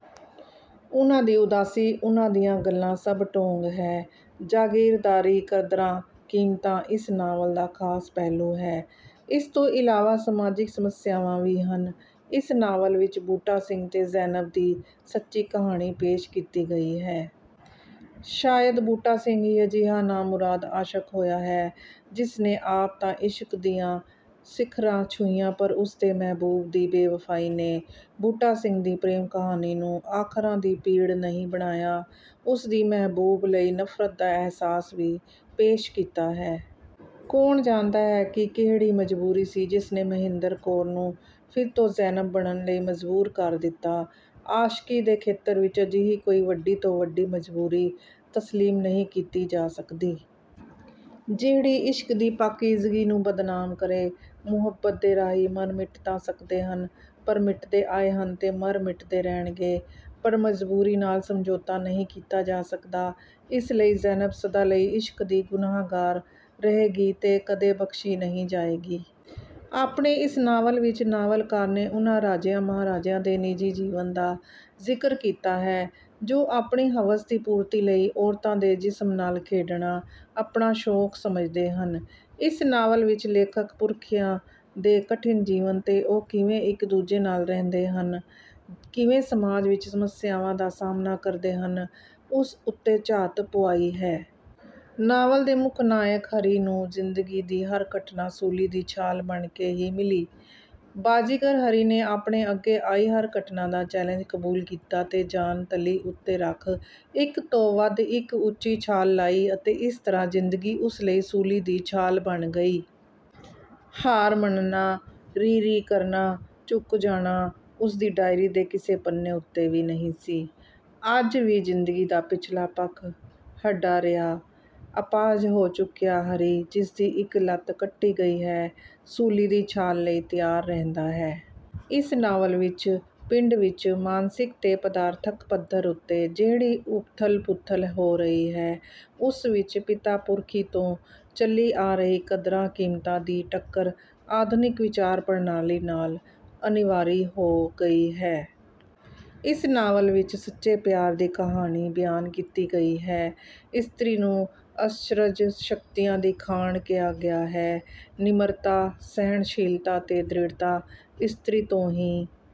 ਉਨ੍ਹਾਂ ਦੀ ਉਦਾਸੀ, ਉਨ੍ਹਾਂ ਦੀਆਂ ਗੱਲਾਂ ਸਭ ਢੌਂਗ ਹੈ। ਜਾਗੀਰਦਾਰੀ ਕਦਰਾਂ ਕੀਮਤਾਂ ਇਸ ਨਾਵਲ ਦਾ ਖ਼ਾਸ ਪਹਿਲੂ ਹੈ। ਇਸ ਤੋਂ ਇਲਾਵਾ ਸਮਾਜਿਕ ਸਮੱਸਿਆਵਾਂ ਵੀ ਹਨ। ਇਸ ਨਾਵਲ ਵਿੱਚ ਬੂਟਾ ਸਿੰਘ ਤੇ ਜ਼ੈਨਬ ਦੀ ਸੱਚੀ ਕਹਾਣੀ ਪੇਸ਼ ਕੀਤੀ ਗਈ ਹੈ। ਸ਼ਾਇਦ ਬੂਟਾ ਸਿੰਘ ਹੀ ਅਜਿਹਾ ਨਾਮੁਰਾਦ ਆਸ਼ਕ ਹੋਇਆ ਹੈ, ਜਿਸਨੇ ਆਪ ਤਾਂ ਇਸ਼ਕ ਦੀਆਂ ਸਿਖ਼ਰਾਂ ਛੂਹੀਆਂ ਪਰ ਉਸਦੇ ਮਹਿਬੂਬ ਦੀ ਬੇਵਫ਼ਾਈ ਨੇ ਬੂਟਾ ਸਿੰਘ ਦੀ ਪ੍ਰੇਮ ਕਹਾਣੀ ਨੂੰ ਆਖਰਾਂ ਦੀ ਪੀੜ ਨਹੀਂ ਬਣਾਇਆ, ਉਸਦੀ ਮਹਿਬੂਬ ਲਈ ਨਫ਼ਰਤ ਦਾ ਅਹਿਸਾਸ ਵੀ ਪੇਸ਼ ਕੀਤਾ ਹੈ। ਕੌਣ ਜਾਣਦਾ ਹੈ ਕਿ ਕਿਹੜੀ ਮਜ਼ਬੂਰੀ ਸੀ ਜਿਸਨੇ ਮਹਿੰਦਰ ਕੌਰ ਨੂੰ ਫਿਰ ਤੋਂ ਜ਼ੈਨਬ ਬਣਨ ਲਈ ਮਜ਼ਬੂਰ ਕਰ ਦਿੱਤਾ। ਆਸ਼ਕੀ ਦੇ ਖੇਤਰ ਵਿੱਚ ਅਜਿਹੀ ਕੋਈ ਵੱਡੀ ਤੋਂ ਵੱਡੀ ਮਜ਼ਬੂਰੀ ਤਸਲੀਮ ਨਹੀਂ ਕੀਤੀ ਜਾ ਸਕਦੀ। ਜਿਹੜੀ ਇਸ਼ਕ ਦੀ ਪਾਕੀਜ਼ਗੀ ਨੂੰ ਬਦਨਾਮ ਕਰੇ। ਮੁਹੱਬਤ ਦੇ ਰਾਹੀ ਮਰ ਮਿਟ ਤਾਂ ਸਕਦੇ ਹਨ, ਪਰ ਮਿਟਦੇ ਆਏ ਹਨ ਤੇ ਮਰ ਮਿਟਦੇ ਰਹਿਣਗੇ, ਪਰ ਮਜ਼ਬੂਰੀ ਨਾਲ ਸਮਝੌਤਾ ਨਹੀਂ ਕੀਤਾ ਜਾ ਸਕਦਾ। ਇਸ ਲਈ ਜ਼ੈਨਬ ਸਦਾ ਲਈ ਇਸ਼ਕ ਦੀ ਗੁਨਾਹਗਾਰ ਰਹੇਗੀ ਤੇ ਕਦੇ ਬਖ਼ਸ਼ੀ ਨਹੀਂ ਜਾਏਗੀ। ਆਪਣੇ ਇਸ ਨਾਵਲ ਵਿੱਚ ਨਾਵਲਕਾਰ ਨੇ ਉਨ੍ਹਾਂ ਰਾਜਿਆਂ ਮਹਾਰਾਜਿਆਂ ਦੇ ਨਿੱਜੀ ਜੀਵਨ ਦਾ ਜ਼ਿਕਰ ਕੀਤਾ ਹੈ, ਜੋ ਆਪਣੀ ਹਵਸ ਦੀ ਪੂਰਤੀ ਲਈ ਔਰਤਾਂ ਦੇ ਜਿਸਮ ਨਾਲ ਖੇਡਣਾ ਆਪਣਾ ਸ਼ੌਕ ਸਮਝਦੇ ਹਨ। ਇਸ ਨਾਵਲ ਵਿੱਚ ਲੇਖਕ ਪੁਰਖਿਆਂ ਦੇ ਕਠਿਨ ਜੀਵਨ ਤੇ ਉਹ ਕਿਵੇਂ ਇੱਕ ਦੂਜੇ ਨਾਲ ਰਹਿੰਦੇ ਹਨ, ਕਿਵੇਂ ਸਮਾਜ ਵਿੱਚ ਸਮੱਸਿਆਵਾਂ ਦਾ ਸਾਹਮਣਾ ਕਰਦੇ ਹਨ ਉਸ ਉੱਤੇ ਝਾਤ ਪੁਆਈ ਹੈ। ਨਾਵਲ ਦੇ ਮੁੱਖ ਨਾਇਕ ਹਰੀ ਨੂੰ ਜ਼ਿੰਦਗੀ ਦੀ ਹਰ ਘਟਨਾ ਸੂਲੀ ਦੀ ਛਾਲ ਬਣ ਕੇ ਹੀ ਮਿਲੀ। ਬਾਜੀਗਰ ਹਰੀ ਨੇ ਆਪਣੇ ਅੱਗੇ ਆਈ ਹਰ ਘਟਨਾ ਦਾ ਚੈਲੇਂਜ ਕਬੂਲ ਕੀਤਾ ਤੇ ਜਾਨ ਤਲੀ ਤੇ ਰੱਖ ਇੱਕ ਤੋਂ ਵੱਧ ਇੱਕ ਉੱਚੀ ਛਾਲ ਲਾਈ ਅਤੇ ਇਸ ਤਰ੍ਹਾਂ ਜ਼ਿੰਦਗੀ ਉਸ ਲਈ ਸੂਲੀ ਦੀ ਛਾਲ ਬਣ ਗਈ। ਹਾਰ ਮੰਨਣਾ, ਰੀ ਰੀ ਕਰਨਾ, ਝੁਕ ਜਾਣਾ ਉਸ ਦੀ ਡਾਇਰੀ ਦੇ ਕਿਸੇ ਪੰਨੇ ਉੱਤੇ ਵੀ ਨਹੀਂ ਸੀ। ਅੱਜ ਵੀ ਜ਼ਿੰਦਗੀ ਦਾ ਪਿਛਲਾ ਪੱਖ ਹੱਡਾ ਰਿਹਾ, ਅਪਾਹਜ ਹੋ ਚੁੱਕਿਆ ਹਰੀ ਜਿਸ ਦੀ ਇੱਕ ਲੱਤ ਕੱਟੀ ਗਈ ਹੈ ਸੂਲੀ ਦੀ ਛਾਲ ਲਈ ਤਿਆਰ ਰਹਿੰਦਾ ਹੈ। ਇਸ ਨਾਵਲ ਵਿੱਚ ਪਿੰਡ ਵਿੱਚ ਮਾਨਸਿਕ ਤੇ ਪਦਾਰਥਕ ਪੱਧਰ ਉੱਤੇ ਜਿਹੜੀ ਉੱਥਲ ਪੁੱਥਲ ਹੋ ਰਹੀ ਹੈ ਉਸ ਵਿੱਚ ਪਿਤਾ ਪੁਰਖੀ ਤੋਂ ਚੱਲੀ ਆ ਰਹੀ ਕਦਰਾਂ ਕੀਮਤਾਂ ਦੀ ਟੱਕਰ ਆਧੁਨਿਕ ਵਿਚਾਰ ਪ੍ਰਣਾਲੀ ਨਾਲ ਅਨਿਵਾਰੀ ਹੋ ਗਈ ਹੈ। ਇਸ ਨਾਵਲ ਵਿੱਚ ਸੱਚੇ ਪਿਆਰ ਦੀ ਕਹਾਣੀ ਬਿਆਨ ਕੀਤੀ ਗਈ ਹੈ। ਇਸਤਰੀ ਨੂੰ ਅਸਚਰਜ ਸ਼ਕਤੀਆਂ ਦੀ ਖਾਣ ਕਿਹਾ ਗਿਆ ਹੈ। ਨਿਮਰਤਾ, ਸਹਿਣਸ਼ੀਲਤਾ ਤੇ ਦ੍ਰਿੜਤਾ ਇਸਤਰੀ ਤੋਂ ਹੀ...